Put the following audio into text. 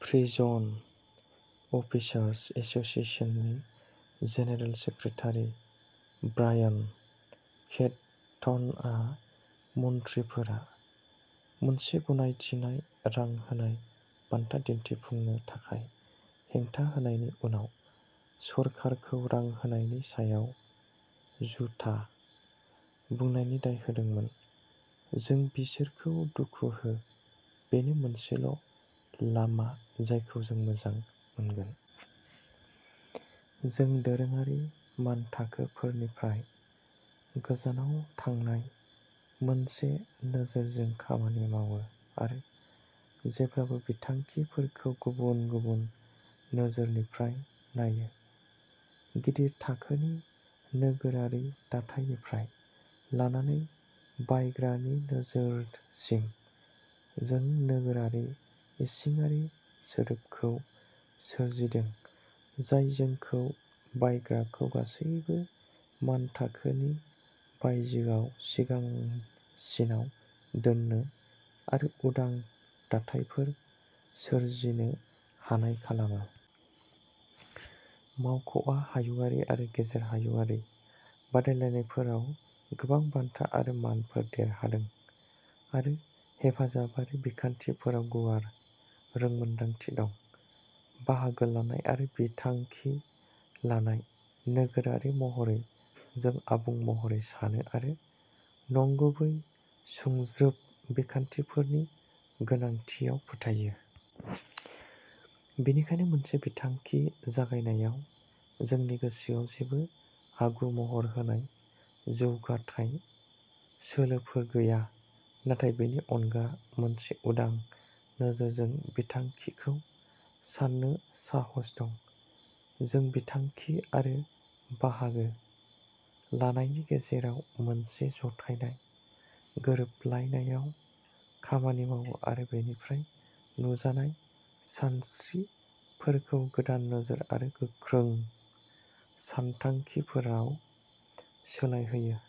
Prison officers एस'सिएशननि general secretary Brian केटनआ मन्थ्रिफोरा मोनसे गनायथिनाय रां होनाय बान्था दिन्थिफुंनो थाखाय हेंथा होनायनि उनाव सरकारखौ रां होनायनि सायाव "झूथा" बुंनायनि दाय होदोंमोन। जों बिसोरखौ दुखु हो, बेनो मोनसेल' लामा जायखौ जों मोजां मोनगोन। जों दोरोङारि मानथाखोफोरनिफ्राय गोजानाव थांनाय मोनसे नोजोरजों खामानि मावो आरो जेब्लाबो बिथांखिफोरखौ गुबुन गुबुन नोजोरनिफ्राय नायो। गिदिर थाखोनि नोगोरारि दाथायनिफ्राय लानानै बायग्रानि नोजोरसिम। जों नोगोरारि इसिङारि सोदोबखौ सोरजिदों जाय जोंखौ बायग्राखौ गासैबो मानथाखोनि बायजोआव सिगांसिनाव दोननो आरो उदां दाथायफोर सोरजिनो हानाय खालामो। मावख'आ हायुंआरि आरो गेजेर हायुंआरि बादायलायनायफोराव गोबां बान्था आरो मानफोर देरहादों आरो हेफाजाबारि आरो बिखान्थिफोराव गुवार रोंमोनदांथि दं। बाहागो लानाय आरो बिथांखि लानाय नोगोरारि महरै जों आबुं महरै सानो आरो नंगुबै सुंज्रोब बिखान्थिफोरनि गोनांथियाव फोथायो। बेनिखायनो मोनसे बिथांखि जागायनायाव जोंनि गोसोआव जेबो आगु-महर होनाय जौगाथाय सोलोफोर गैया नाथाय बेनि अनगा मोनसे उदां नोजोरजों बिथांखिखौ सान्नो साहस दं। जों बिथांखि आरो बाहागो लानायनि गेजेराव मोनसे जथायनाय गोरोबलायनायआव खामानि मावो आरो बेनिफ्राय नुजानाय सानस्रिफोरखौ गोदान नोजोर आरो गोख्रों सानथांखिफोराव सोलायहोयो।